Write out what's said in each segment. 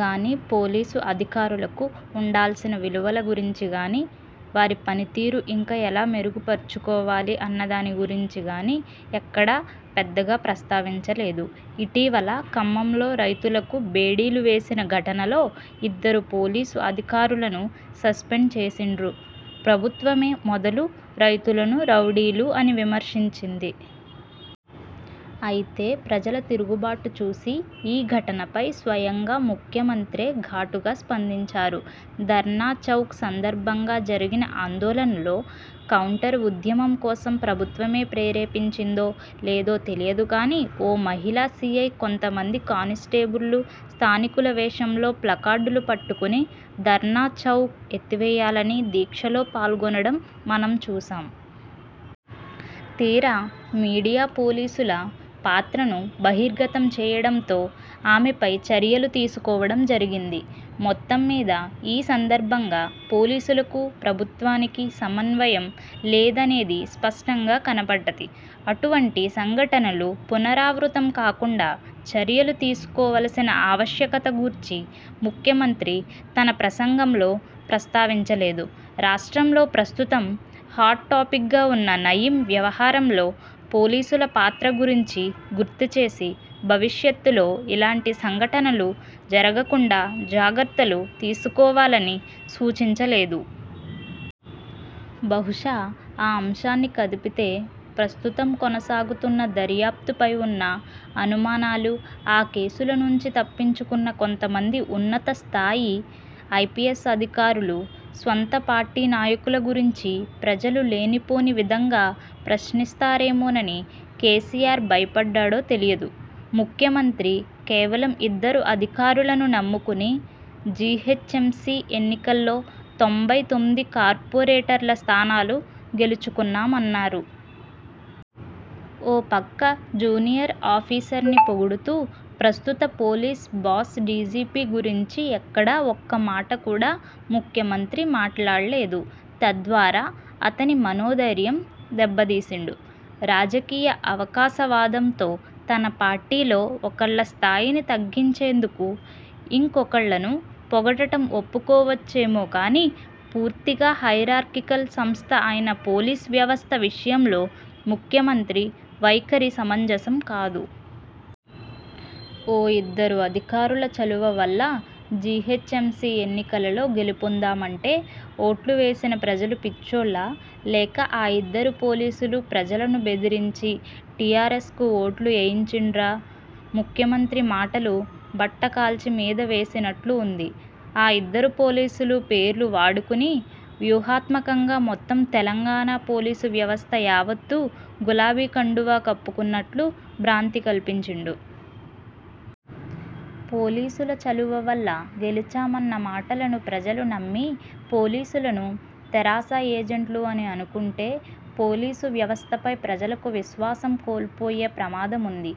గానీ, పోలీసు అధికారులకు ఉండాల్సిన విలువల గురించి గానీ, వారి పని తీరు ఇంకా ఎలా మెరుగుపర్చుకోవాలి అన్నదాని గురించి గానీ ఎక్కడా పెద్దగా ప్రస్తావించలేదు. ఇటీవల ఖమ్మంలో రైతులకు బేడీలు వేసిన ఘటనలో ఇద్దరు పోలీసు అధికారులను సస్పెండ్ చేసిండ్రు. ప్రభుత్వమే మొదలు రైతులను రౌడీలు అని విమర్శించింది. అయితే ప్రజల తిరుగుబాటు చూసి, ఈ ఘటనపై స్వయంగా ముఖ్యమంత్రే ఘాటుగా స్పందించారు. ధర్నా చౌక్ సందర్భంగా జరిగిన ఆందోళనలో, కౌంటర్ ఉద్యమం కోసం ప్రభుత్వమే ప్రేరేపించిందో లేదో తెలియదు కానీ, ఓ మహిళా సీఐ, కొంత మంది కానిస్టేబుళ్లు స్థానికుల వేషంలో ప్లకార్డులు పట్టుకొని ధర్నా చౌక్ ఎత్తివేయాలని దీక్షలో పాల్గొనడం మనం చూసాం. తీరా మీడియా పోలీసుల పాత్రను బహిర్గతం చేయడంతో ఆమెపై చర్యలు తీసుకోవడం జరిగింది. మొత్తం మీద ఈ సందర్భంగా పోలీసులకు, ప్రభుత్వానికి సమన్వయం లేదనేది స్పష్టంగా కనపడ్డది. అటువంటి సంఘటనలు పునరావృతం కాకుండా చర్యలు తీసుకోవాల్సిన ఆవశ్యకత గూర్చి ముఖ్యమంత్రి తన ప్రసంగంలో ప్రస్తావించలేదు. రాష్ట్రంలో ప్రస్తుతం హాట్ టాపిక్గా ఉన్న నయీం వ్యవహారంలో పోలీసుల పాత్ర గురించి గుర్తుచేసి భవిష్యత్తులో ఇలాంటి సంఘటనలు జరగకుండా జాగ్రత్తలు తీసుకోవాలని సూచించలేదు. బహుశా ఆ అంశాన్ని కదిపితే ప్రస్తుతం కొనసాగుతున్న దర్యాప్తుపై ఉన్న అనుమానాలు, ఆ కేసుల నుంచి తప్పించుకున్న కొంతమంది ఉన్నత స్థాయి ఐపీఎస్ అధికారులు, స్వంత పార్టీ నాయకుల గురించి ప్రజలు లేనిపోని విధంగా ప్రశ్నిస్తరేమోనని కేసీఆర్ భయపడ్డడో తెలియదు. ముఖ్యమంత్రి కేవలం ఇద్దరు అధికారులను నమ్ముకొని జీహెచ్ఎంసీ ఎన్నికల్లో తొంబై తొమ్మిది కార్పొరేటర్ల స్థానాలు గెలుచుకున్నామన్నారు. ఓ పక్క జూనియర్ ఆఫీసర్స్ని పొగుడుతూ, ప్రస్తుత పోలీస్ బాస్ డీజీపీ గురించి ఎక్కడా ఒక్క మాట కూడా ముఖ్యమంత్రి మాట్లాడలేదు. తద్వారా అతని మనో ధైర్యం దెబ్బదీసిండు. రాజకీయ అవకాశవాదంతో, తన పార్టీలో ఒకళ్ళ స్థాయిని తగ్గించేందుకు, ఇంకొకళ్ళను పొగడటం ఒప్పుకోవచ్చేమో కానీ, పూర్తిగా హైరార్కీకల్ సంస్థ అయిన పోలీస్ వ్యవస్థ విషయంలో ముఖ్యమంత్రి వైఖరి సమంజసం కాదు. ఓ ఇద్దరు అధికారుల చలువ వల్ల జీహెచ్ఎంసీ ఎన్నికలలో గెలుపొందామంటే, ఓట్లు వేసిన ప్రజలు పిచ్చోల్లా లేక ఆ ఇద్దరు పోలీసులు ప్రజలను బెదిరించి టీఆర్ఎస్కు ఓట్లు ఏయించిండ్రా? ముఖ్యమంత్రి మాటలు బట్ట కాల్చి మీద వేసినట్లు ఉంది. ఆ ఇద్దరు పోలీసుల పేర్లు వాడుకుని, వ్యూహాత్మకంగా మొత్తం తెలంగాణ పోలీసు వ్యవస్థ యావత్తు గులాబీ కండువా కప్పుకున్నట్లు బ్రాంతి కల్పించిండు. పోలీసుల చలువ వల్ల గెలిచామన్న మాటలను ప్రజలు నమ్మి, పోలీసులను తెరాస ఏజెంట్లు అని అనుకుంటే, పోలీసు వ్యవస్థపై ప్రజలకు విశ్వాసం కోల్పోయే ప్రమాదం ఉంది.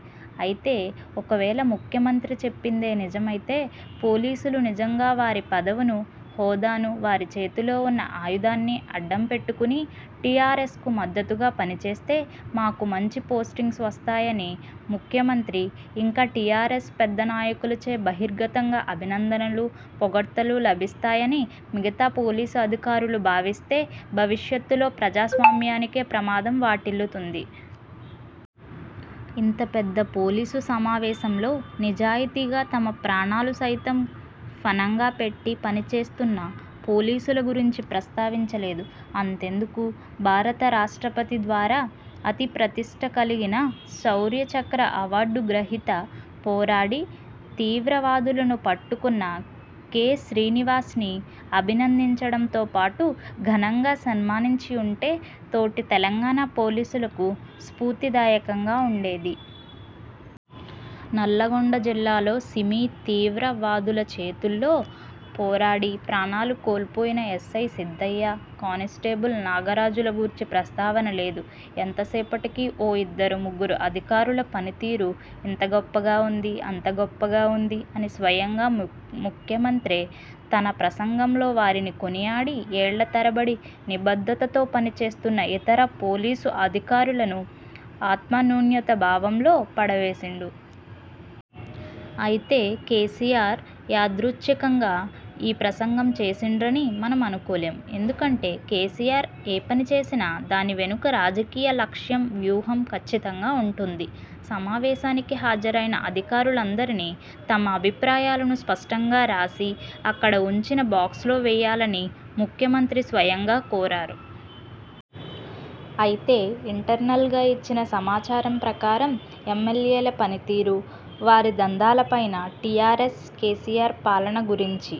అయితే ఒకవేళ ముఖ్యమంత్రి చెప్పిందే నిజమైతే, పోలీసులు నిజంగా వారి పదవిని, హోదాను, వారి చేతిలో ఉన్న ఆయుధాన్ని అడ్డం పెట్టుకుని టీఆర్ఎస్కు మద్దతుగా పనిచేస్తే, మాకు మంచి పోస్టింగ్స్ వస్తాయనీ ముఖ్యమంత్రి, ఇంకా టీఆర్ఎస్ పెద్ద నాయకులచే బహిర్గతంగా అభినందనలు, పొగడ్తలు లభిస్తాయనీ మిగతా పోలీసు అధికారులు భావిస్తే, భవిష్యత్తులో ప్రజాస్వామ్యానికే ప్రమాదం వాటిల్లుతుంది. ఇంత పెద్ద పోలీసు సమావేశంలో, నిజాయితీగా తమ ప్రాణాలు సైతం ఫణంగా పెట్టి పని చేస్తున్న పోలీసుల గురించి ప్రస్తావించలేదు. అంతెందుకు భారత రాష్ట్రపతి ద్వారా అతి ప్రతిష్ట కలిగిన శౌర్య చక్ర అవార్డు గ్రహీత, పోరాడి తీవ్రవాదులను పట్ట్టుకున్న కె. శ్రీనివాస్ని అభినందించడంతో పాటు ఘనంగా సన్మానించి ఉంటె తోటి తెలంగాణ పోలీసులకు స్ఫూర్తి దాయకంగా ఉండేది. నల్లగొండ జిల్లాలో సిమీ తీవ్ర వాదుల చేతుల్లో పోరాడి ప్రాణాలు కోల్పోయిన ఎస్ఐ సిద్దయ్య, కానిస్టేబుల్ నాగరాజుల గూర్చి ప్రస్తావన లేదు. ఎంత సేపటికి, ఓ ఇద్దరు ముగ్గురు అధికారుల పని తీరు ఇంత గొప్పగా ఉంది, అంత గొప్పగా ఉంది అని స్వయంగా ముఖ్యమంత్రే తన ప్రసంగంలో వారిని కొనియాడి, ఏళ్ళ తరబడి నిబద్ధతతో పనిచేస్తున్న ఇతర పోలీసు అధికారులను ఆత్మన్యూనత భావంలో పడవేసిండు. అయితే కేసీఆర్ యాదృచ్ఛికంగా ఈ ప్రసంగం చేసిండ్రని మనం అనుకోలేం. ఎందుకంటే, కేసీఆర్ ఏ పని చేసినా దాని వెనుక రాజకీయ లక్ష్యం, వ్యూహం ఖచ్చితంగా ఉంటుంది. సమావేశానికి హాజరైన అధికారులందరిని తమ అభిప్రాయాలను స్పష్టంగా రాసి అక్కడ ఉంచిన బాక్స్లో వేయాలని ముఖ్యమంత్రి స్వయంగా కోరారు. అయితే ఇంటర్నల్గా ఇచ్చిన సమాచారం ప్రకారం ఎమ్మెల్యేల పనితీరు, వారి దందాలపైనా, టీఆర్ఎస్, కేసీఆర్ పాలన గురించి